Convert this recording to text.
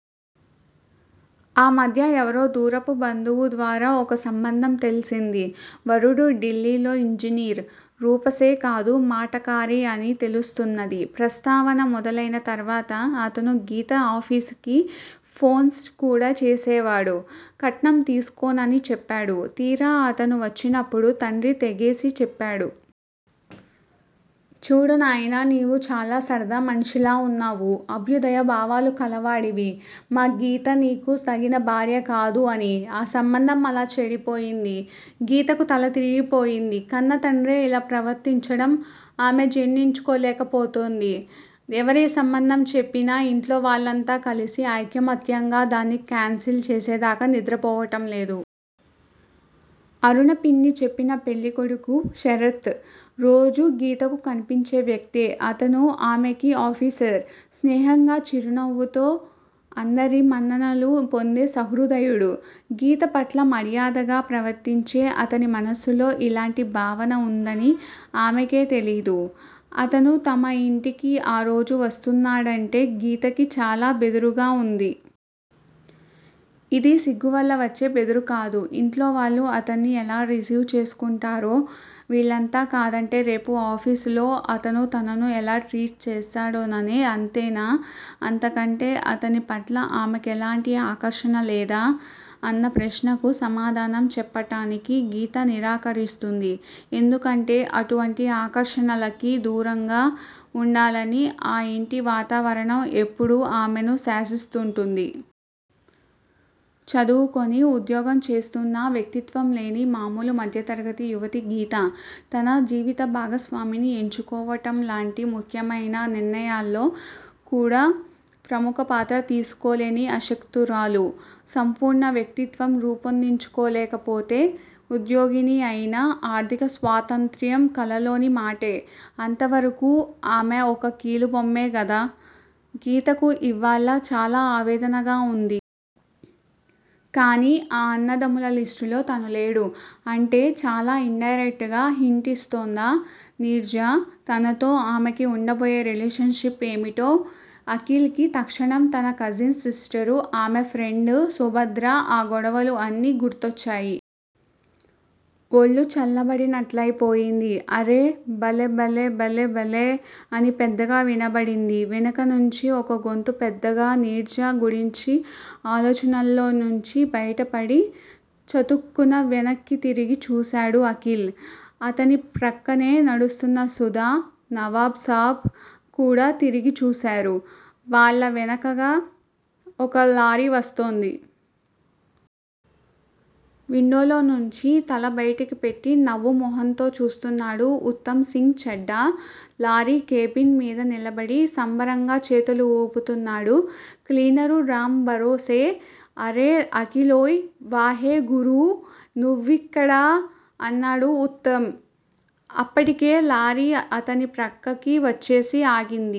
ఆ మధ్య ఎవరో దూరపు బంధువు ద్వారా ఒక సంబంధం తెలిసింది. వరుడు ఢిల్లీలో ఇంజనీర్. రూపసే కాదు మాటకారి అని తెలుస్తున్నది. ప్రస్తావన మొదలయిన తర్వాత అతను గీత ఆఫీసుకి ఫోన్స్ కూడా చేసేవాడు. కట్నం తీసుకోననీ చెప్పాడు. తీరా అతను వచ్చినపుడు తండ్రి తెగేసి చెప్పాడు. చూడు నాయనా! నీవు చాలా సరదా మనిషిలా ఉన్నావు. అభ్యుదయ భావాలు కలవాడివి. మా గీత నీకు తగిన భార్య కాదు అని! ఆ సంబంధం అలా చెడిపోయింది. గీతకు తల తిరిగిపోయింది. కన్నతండ్రే ఇలా ప్రవర్తించడం ఆమె జీర్ణించుకోలేకపోతోంది. ఎవరే సంబంధం చెప్పినా ఇంట్లో వాళ్ళంతా కలిసి ఐకమత్యంగా దాన్ని కాన్సిల్ చేసేదాకా నిద్రపోవటంలేదు. అరుణ పిన్ని చెప్పిన పెళ్ళికొడుకు శరత్ రోజూ గీతకు కన్పించే వ్యక్తే. అతను ఆమెకి ఆఫీసర్. స్నేహంగా చిరునవ్వుతో అందరి మన్ననలూ పొందే సహృదయుడు. గీత పట్ల మర్యాదగా ప్రవర్తించే అతని మనస్సులో ఇలాంటి భావన ఉందని ఆమెకే తెలీదు. అతను తమ ఇంటికి ఆరోజు వస్తున్నాడంటే గీతకి చాలా బెదురుగా ఉంది. ఇది సిగ్గువల్ల వచ్చే బెదురు కాదు. ఇంట్లోవాళ్ళు అతన్ని ఎలా రిసీవ్ చేసుకుంటారో! వీళ్ళంతా కాదంటే రేపు ఆఫీసులో అతను తనను ఎలా ట్రీట్ చేస్తాడోననే! అంతేనా! అంతకంటే అతని పట్ల ఆమెకెలాంటి ఆకర్షణ లేదా? అన్న ప్రశ్నకు సమాధానం చెప్పటానికి గీత నిరాకరిస్తుంది. ఎందుకంటే అటువంటి ఆకర్షణలకి దూరంగా ఉండాలని ఆ ఇంటి వాతావరణం ఎప్పుడూ ఆమెను శాసిస్తుంటుంది. చదువుకొని ఉద్యోగం చేస్తున్నా వ్యక్తిత్వంలేని మామూలు మధ్యతరగతి యవతి గీత. తన జీవిత భాగస్వామిని ఎంచుకోవటంలాంటి ముఖ్యమైన నిర్ణయాల్లో కూడా ప్రముఖ పాత్ర తీసుకోలేని అశక్తురాలు. సంపూర్ణ వ్యక్తిత్వం రూపొందించుకోలేకపోతే ఉద్యోగిని అయినా ఆర్ధికస్వాతంత్ర్యం కలలోని మాటే. అంతవరకూ ఆమె ఒక కీలుబొమ్మే గదా! గీతకు ఇవ్వాళ చాలా ఆవేదనగా ఉంది. కానీ ఆ అన్నదమ్ముల లిస్టులో తను లేడు! అంటే చాలా ఇన్ డైరెక్ట్ గా హింట్ యిస్తోందా నీర్జా! తనతో ఆమెకి ఉండబోయే రిలేషన్ షిప్ ఏమిటో? అఖిల్ కి తక్షణం తన కజిన్ సిస్టరు, ఆమె ఫ్రెండు, సుభద్ర, ఆ గొడవలు అన్నీ గుర్తొచ్చాయి. ఒళ్ళు చల్లబడినట్లయిపోయింది. అరె! బలెబలెబలెబలే! అని పెద్దగా వినబడింది వెనకనుంచి ఒక గొంతు పెద్దగా! నీర్జా గురించిన ఆలోచనల్లోనుంచి బయటపడి, చతుక్కున వెనక్కి తిరిగి చూశాడు అఖిల్. అతని ప్రక్కనే నడుస్తున్న సుధా, నవాబ్ సాబ్ కూడా తిరిగి చూశారు. వాళ్ళ వెనకగా ఒక లారీ వస్తోంది. విండోలో నుంచి తల బయటికి పెట్టి నవ్వు మొహంతో చూస్తున్నాడు ఉత్తమ్ సింగ్ చెడ్డా. లారీ కేబిన్ మీద నిలబడి సంబరంగా చేతులు వూపుతున్నాడు క్లీనరు రాంభరోసే. అరె అఖీలోయ్! వాహె గురూ! నువ్విక్కడా? అన్నాడు ఉత్తమ్. అప్పటికే లారీ అతని ప్రక్కకి వచ్చేసి ఆగింది.